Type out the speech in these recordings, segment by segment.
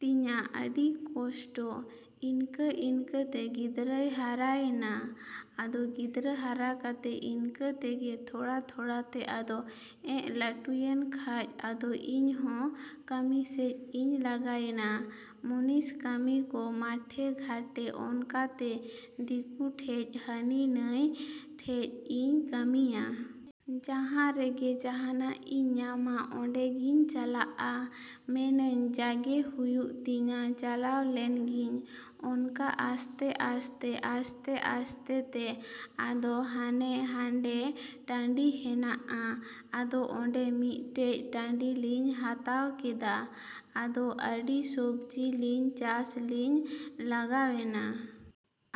ᱛᱤᱧᱟ, ᱟᱹᱰᱤ ᱠᱚᱥᱴᱚ᱾ ᱤᱱᱠᱟᱼᱤᱱᱠᱟ ᱛᱮ ᱜᱤᱫᱽᱨᱟᱹᱭ ᱦᱟᱨᱟᱭᱱᱟ᱾ ᱟᱫᱚ ᱜᱤᱫᱽᱨᱟᱹ ᱦᱟᱨᱟ ᱠᱟᱛᱮ ᱤᱱᱠᱟᱹ ᱛᱮᱜᱮ ᱛᱷᱚᱲᱟᱼᱛᱷᱚᱲᱟ ᱛᱮ ᱟᱫᱚ ᱮᱸᱜ ᱞᱟᱴᱩᱭᱮᱱ ᱠᱷᱟᱡ ᱟᱫᱚ ᱤᱧ ᱦᱚᱸ ᱠᱟᱢᱤ ᱥᱮᱡ ᱤᱧ ᱞᱟᱜᱟᱭᱮᱱᱟ᱾ ᱢᱩᱱᱤᱥ ᱠᱟᱹᱢᱤ ᱠᱚ ᱢᱟᱴᱷᱮᱼᱜᱷᱟᱴᱮ ᱚᱱᱠᱟ ᱛᱮ ᱫᱤᱠᱩ ᱴᱷᱮᱡ ᱦᱟᱹᱱᱤ ᱱᱟᱹᱭ ᱴᱷᱮᱡ ᱤᱧ ᱠᱟᱹᱢᱤᱭᱟ᱾ ᱡᱟᱦᱟᱸ ᱨᱮᱜᱮ ᱡᱟᱦᱟᱱᱟᱜ ᱤᱧ ᱧᱟᱢᱟ ᱚᱸᱰᱮᱜᱤᱧ ᱪᱟᱞᱟᱜᱼᱟ᱾ ᱢᱮᱱᱟᱹᱧ ᱡᱟᱜᱮ ᱦᱩᱭᱩᱜ ᱛᱤᱧᱟ ᱪᱟᱞᱟᱣ ᱞᱮᱱᱜᱮᱧ᱾ ᱚᱱᱠᱟ ᱟᱥᱛᱮᱼᱟᱥᱛᱮᱼᱟᱥᱛᱮᱼᱟᱥᱛᱮ ᱛᱮ ᱟᱫᱚ ᱦᱟᱱᱮ ᱦᱟᱸᱰᱮ ᱴᱟᱸᱰᱤ ᱦᱮᱱᱟᱜᱼᱟ ᱟᱫᱚ ᱚᱸᱰᱮ ᱢᱤᱫᱴᱮᱡ ᱴᱟᱸᱰᱤ ᱞᱤᱧ ᱦᱟᱛᱟᱣ ᱠᱮᱫᱟ᱾ ᱟᱫᱚ ᱟᱹᱰᱤ ᱥᱚᱵᱽᱡᱤ ᱞᱤᱧ ᱪᱟᱥ ᱞᱤᱧ ᱞᱟᱜᱟᱣᱮᱱᱟ᱾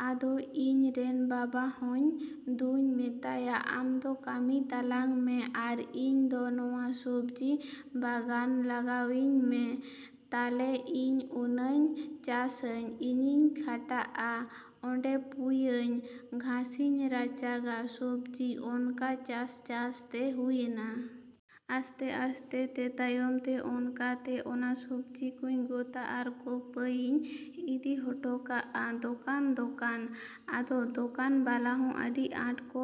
ᱟᱫᱚ ᱤᱧ ᱨᱮᱱ ᱵᱟᱵᱟ ᱦᱚᱧ ᱫᱩᱧ ᱢᱮᱛᱟᱭᱟ, ᱟᱢ ᱫᱚ ᱠᱟᱹᱢᱤ ᱛᱟᱞᱟᱝ ᱢᱮ ᱟᱨ ᱤᱧ ᱫᱚ ᱱᱚᱶᱟ ᱥᱚᱵᱡᱤ ᱵᱟᱜᱟᱱ ᱞᱟᱜᱟᱣᱤᱧ ᱢᱮ, ᱛᱟᱞᱮ ᱤᱧ ᱚᱱᱟᱧ ᱪᱟᱥᱟᱹᱧ, ᱤᱧᱤᱧ ᱠᱷᱟᱴᱟᱜᱼᱟ ᱚᱸᱰᱮ ᱯᱩᱭᱟᱹᱧ ᱜᱷᱟᱸᱥᱤᱧ ᱨᱟᱪᱟᱜᱟ, ᱥᱚᱵᱡᱤ ᱚᱱᱠᱟ ᱪᱟᱥᱼᱪᱟᱥ ᱛᱮ ᱦᱩᱭᱮᱱᱟ᱾ ᱟᱥᱛᱮᱼᱟᱥᱛᱮ ᱛᱮ ᱛᱟᱭᱚᱢ ᱛᱮ ᱚᱱᱠᱟᱛᱮ ᱚᱱᱟ ᱥᱚᱵᱽᱡᱤ ᱠᱚᱧ ᱜᱚᱛᱟ ᱟᱨ ᱠᱚᱯᱟᱹᱭᱤᱧ ᱤᱫᱤ ᱦᱚᱴᱚ ᱠᱟᱜᱼᱟ ᱫᱚᱠᱟᱱᱼᱫᱚᱠᱟᱱ᱾ ᱟᱫᱚ ᱫᱚᱠᱟᱱ ᱵᱟᱞᱟ ᱦᱚᱸ ᱟᱹᱰᱤ ᱟᱸᱴᱠᱚ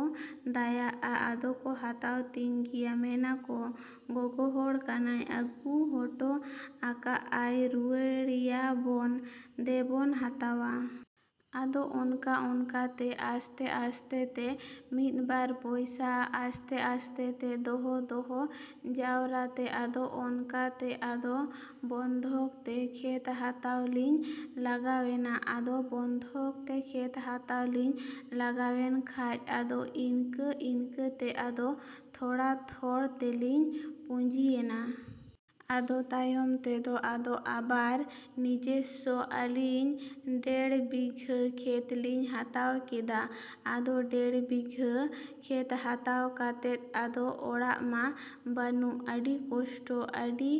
ᱫᱟᱭᱟᱜᱼᱟ, ᱟᱫᱚ ᱠᱚ ᱦᱟᱛᱟᱣ ᱛᱤᱧ ᱜᱮᱭᱟ, ᱢᱮᱱᱟᱠᱚ ᱜᱚᱜᱚ ᱦᱚᱲ ᱠᱟᱱᱟᱭ ᱟᱹᱜᱩ ᱦᱚᱴᱚ ᱟᱠᱟᱜ ᱟᱭ ᱨᱩᱣᱟᱹᱲᱮᱭᱟ ᱵᱚᱱ, ᱫᱮ ᱵᱚᱱ ᱦᱟᱛᱟᱣᱟ᱾ ᱟᱫᱚ ᱚᱱᱠᱟᱼᱚᱱᱠᱟᱛᱮ ᱟᱥᱛᱮ ᱟᱥᱛᱮᱼᱛᱮ ᱢᱤᱫ ᱵᱟᱨ ᱯᱚᱭᱥᱟ ᱟᱥᱛᱮᱼᱟᱥᱛᱮᱼᱛᱮ ᱫᱚᱦᱚᱼᱫᱚᱦᱚ ᱡᱟᱣᱨᱟ ᱛᱮ ᱟᱫᱚ ᱚᱱᱠᱟ ᱛᱮ ᱟᱫᱚ ᱵᱚᱱᱫᱷᱚᱠ ᱛᱮ ᱠᱷᱮᱛ ᱦᱟᱛᱟᱣ ᱞᱤᱧ ᱞᱟᱜᱟᱣᱮᱱᱟ᱾ ᱟᱫᱚ ᱵᱚᱱᱫᱷᱚᱠ ᱛᱮ ᱠᱷᱮᱛ ᱦᱟᱛᱟᱣ ᱞᱤᱧ ᱞᱟᱜᱟᱣᱮᱱ ᱠᱷᱟᱡ ᱟᱫᱚ ᱤᱱᱠᱟᱹ ᱤᱱᱠᱟᱹ ᱛᱮ ᱟᱫᱚ ᱛᱷᱚᱲᱟᱼᱛᱷᱚᱲ ᱛᱮᱞᱤᱧ ᱯᱩᱸᱡᱤᱭᱮᱱᱟ᱾ ᱟᱫᱚ ᱛᱟᱭᱚᱢ ᱛᱮᱫᱚ ᱟᱫᱚ ᱟᱵᱟᱨ ᱱᱤᱡᱮᱥᱥᱚ ᱟᱹᱞᱤᱧ ᱰᱮᱲ ᱵᱤᱜᱷᱟᱹ ᱠᱷᱮᱛ ᱞᱤᱧ ᱦᱟᱛᱟᱣ ᱠᱮᱫᱟ᱾ ᱟᱫᱚ ᱰᱮᱲ ᱵᱤᱜᱷᱟᱹ ᱠᱷᱮᱛ ᱦᱟᱛᱟᱣ ᱠᱟᱛᱮᱫ ᱟᱫᱚ ᱚᱲᱟᱜ ᱢᱟ ᱵᱟᱱᱩᱜ ᱟᱹᱰᱤ ᱠᱚᱥᱴᱚ, ᱟᱹᱰᱤ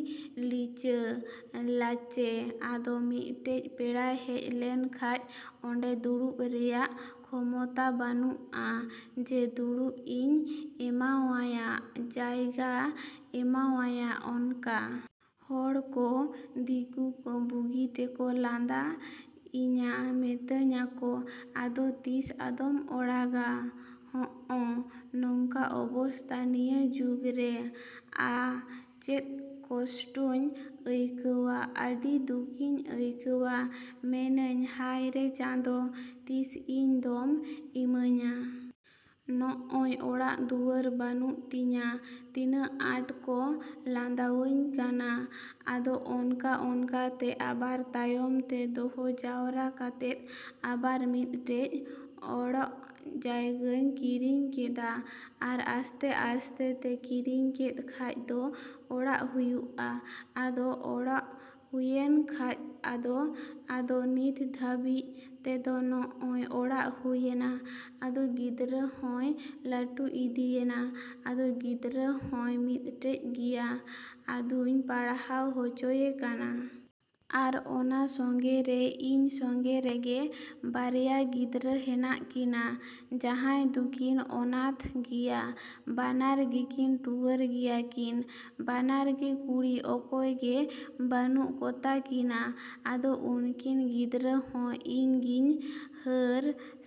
ᱞᱤᱪᱟᱹ ᱞᱟᱪᱮ᱾ ᱟᱫᱚ ᱢᱤᱫᱴᱮᱡ ᱯᱮᱲᱟᱭ ᱦᱮᱡ ᱞᱮᱱ ᱠᱷᱟᱡ ᱚᱸᱰᱮ ᱫᱩᱲᱩᱵ ᱨᱮᱭᱟᱜ ᱠᱷᱚᱢᱚᱛᱟ ᱵᱟᱹᱱᱩᱜᱼᱟ ᱡᱮ ᱫᱩᱲᱩᱵ ᱤᱧ ᱮᱢᱟᱣᱟᱭᱟ ᱡᱟᱭᱜᱟ ᱮᱢᱟᱣᱟᱭᱟ ᱚᱱᱠᱟ᱾ ᱦᱚᱲ ᱠᱚ, ᱫᱤᱠᱩ ᱠᱚ ᱵᱩᱜᱤ ᱛᱮᱠᱚ ᱞᱟᱸᱫᱟ ᱤᱧᱟ ᱢᱤᱛᱟᱹᱧᱟᱠᱚ ᱟᱫᱚ ᱛᱤᱥ ᱟᱫᱚᱢ ᱚᱲᱜᱟ? ᱦᱚᱸᱜᱼᱚ ᱱᱚᱝᱠᱟ ᱚᱵᱚᱥᱛᱟ ᱱᱤᱭᱟᱹ ᱡᱩᱜᱽ ᱨᱮ᱾ ᱟ, ᱪᱮᱫ ᱠᱚᱥᱴᱚᱧ ᱟᱹᱭᱠᱟᱹᱣᱟ, ᱟᱰᱤ ᱫᱩᱠᱤᱧ ᱟᱹᱭᱠᱟᱹᱣᱟ, ᱢᱮᱱᱟᱹᱧ ᱦᱟᱭ ᱨᱮ ᱪᱟᱸᱫᱚ ᱛᱤᱥ ᱤᱧ ᱫᱚᱢ ᱤᱢᱟᱹᱧᱟ? ᱱᱚᱜᱼᱚᱭ ᱚᱲᱟᱜ ᱫᱩᱣᱟᱹᱨ ᱵᱟᱱᱩᱜ ᱛᱤᱧᱟ ᱛᱤᱱᱟᱹᱜ ᱟᱸᱴ ᱠᱚ ᱞᱟᱸᱫᱟᱣᱟᱹᱧ ᱠᱟᱱᱟ᱾ ᱟᱫᱚ ᱚᱱᱠᱟᱼᱚᱱᱠᱟᱛᱮ ᱟᱵᱟᱨ ᱛᱟᱭᱚᱢ ᱛᱮ ᱫᱚᱦᱚ ᱡᱟᱣᱨᱟ ᱠᱟᱛᱮᱫ ᱟᱵᱟᱨ ᱢᱤᱫᱴᱮᱡ ᱚᱲᱜ ᱡᱟᱭᱜᱟᱧ ᱠᱤᱨᱤᱧ ᱠᱮᱫᱟ ᱟᱨ ᱟᱥᱛᱮᱼᱟᱥᱛᱮ ᱛᱮ ᱠᱤᱨᱤᱧ ᱠᱮᱫ ᱠᱷᱟᱡ ᱫᱚ ᱚᱲᱟᱜ ᱦᱩᱭᱩᱜᱼᱟ, ᱟᱫᱚ ᱚᱲᱜ ᱦᱩᱭᱮᱱ ᱠᱷᱟᱡ ᱟᱫᱚ ᱟᱫᱚ ᱱᱤᱛ ᱫᱷᱟᱹᱵᱤᱡ ᱛᱮᱫᱚ ᱱᱚᱜᱼᱚᱭ ᱚᱲᱟᱜ ᱦᱩᱭᱮᱱᱟ ᱟᱫᱚ ᱜᱤᱫᱽᱨᱟᱹ ᱦᱚᱸᱭ ᱞᱟᱹᱴᱩ ᱤᱫᱤᱭᱮᱱᱟ, ᱟᱫᱚ ᱜᱤᱫᱽᱨᱟᱹ ᱦᱚᱸᱭ ᱢᱤᱫᱴᱮᱡ ᱜᱮᱭᱟ ᱟᱫᱚᱧ ᱯᱟᱲᱦᱟᱣ ᱦᱚᱪᱚᱭᱮ ᱠᱟᱱᱟ᱾ ᱟᱨ ᱚᱱᱟ ᱥᱚᱸᱜᱮ ᱨᱮ ᱤᱧ ᱥᱚᱸᱜᱮ ᱨᱮᱜᱮ ᱵᱟᱨᱭᱟ ᱜᱤᱫᱽᱨᱟᱹ ᱦᱮᱱᱟᱜ ᱠᱤᱱᱟ᱾ ᱡᱟᱦᱟᱭ ᱫᱚᱠᱤᱱ ᱚᱱᱟᱛᱷ ᱜᱮᱭᱟ ᱵᱟᱱᱟᱨ ᱜᱮᱠᱤᱱ ᱴᱩᱣᱟᱹᱨ ᱜᱮᱭᱟ ᱠᱤᱱ, ᱵᱟᱱᱟᱨ ᱜᱮ ᱠᱩᱲᱤ ᱚᱠᱚᱭ ᱜᱮ ᱵᱟᱹᱱᱩᱜ ᱠᱚᱛᱟ ᱠᱤᱱᱟ᱾ ᱟᱫᱚ ᱩᱱᱠᱤᱱ ᱜᱤᱫᱽᱨᱟᱹ ᱦᱚᱸ ᱤᱧ ᱜᱤᱧ ᱦᱟᱹᱨ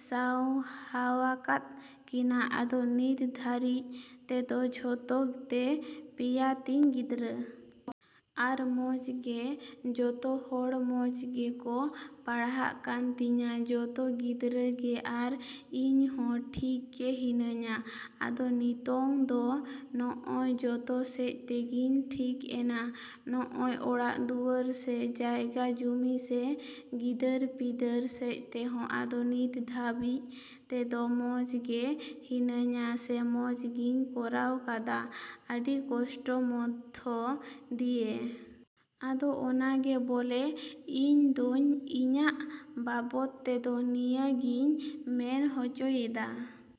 ᱥᱟᱶᱦᱟᱣᱟᱠᱟᱫ ᱠᱤᱱᱟ ᱟᱫᱚ ᱱᱤᱛ ᱫᱷᱟᱹᱨᱤᱡ ᱛᱮᱫᱚ ᱡᱷᱚᱛᱚ ᱛᱮ ᱯᱮᱭᱟ ᱛᱤᱧ ᱜᱤᱫᱽᱨᱟᱹ᱾ ᱟᱨ ᱢᱚᱸᱡᱽ ᱜᱮ ᱡᱚᱛᱚ ᱦᱚᱲ ᱢᱚᱸᱡᱽ ᱜᱮᱠᱚ ᱯᱟᱲᱦᱟᱜ ᱠᱟᱱ ᱛᱤᱧᱟ ᱡᱚᱛᱚ ᱜᱤᱫᱽᱨᱟᱹ ᱜᱮ ᱟᱨ ᱤᱧ ᱦᱚᱸ ᱴᱷᱤᱠ ᱜᱮ ᱦᱤᱱᱟᱹᱧᱟ᱾ ᱟᱫᱚ ᱱᱤᱛᱳᱝ ᱫᱚ ᱱᱚᱜᱼᱚᱭ ᱡᱚᱛᱚ ᱥᱮᱡ ᱛᱮᱜᱮᱧ ᱴᱷᱤᱠ ᱮᱱᱟ, ᱱᱚᱜᱼᱚᱭ ᱚᱲᱟᱜ ᱫᱩᱣᱟᱹᱨ ᱥᱮ ᱡᱟᱭᱜᱟ ᱡᱩᱢᱤ ᱥᱮ ᱜᱤᱫᱟᱹᱨᱼᱯᱤᱫᱟᱹᱨ ᱥᱮᱡ ᱛᱮᱦᱚᱸ ᱟᱫᱚ ᱱᱤᱛ ᱫᱷᱟᱹᱵᱤᱡ ᱛᱮᱫᱚ ᱢᱚᱸᱡᱽ ᱜᱮ ᱦᱤᱱᱟᱹᱧᱟ ᱥᱮ ᱢᱚᱸᱡᱽ ᱜᱮᱧ ᱠᱚᱨᱟᱣ ᱠᱟᱫᱟ ᱟᱹᱰᱤ ᱠᱚᱥᱴᱚ ᱢᱚᱫᱽᱫᱷᱚ ᱫᱤᱭᱮ᱾ ᱟᱫᱚ ᱚᱱᱟ ᱜᱮ ᱵᱚᱞᱮ ᱤᱧ ᱫᱚᱧ ᱤᱧᱟᱹᱜ ᱵᱟᱵᱚᱫ ᱛᱮᱫᱚ ᱱᱤᱭᱟᱹ ᱜᱮᱧ ᱢᱮᱱ ᱦᱚᱪᱚᱭᱮᱫᱟ।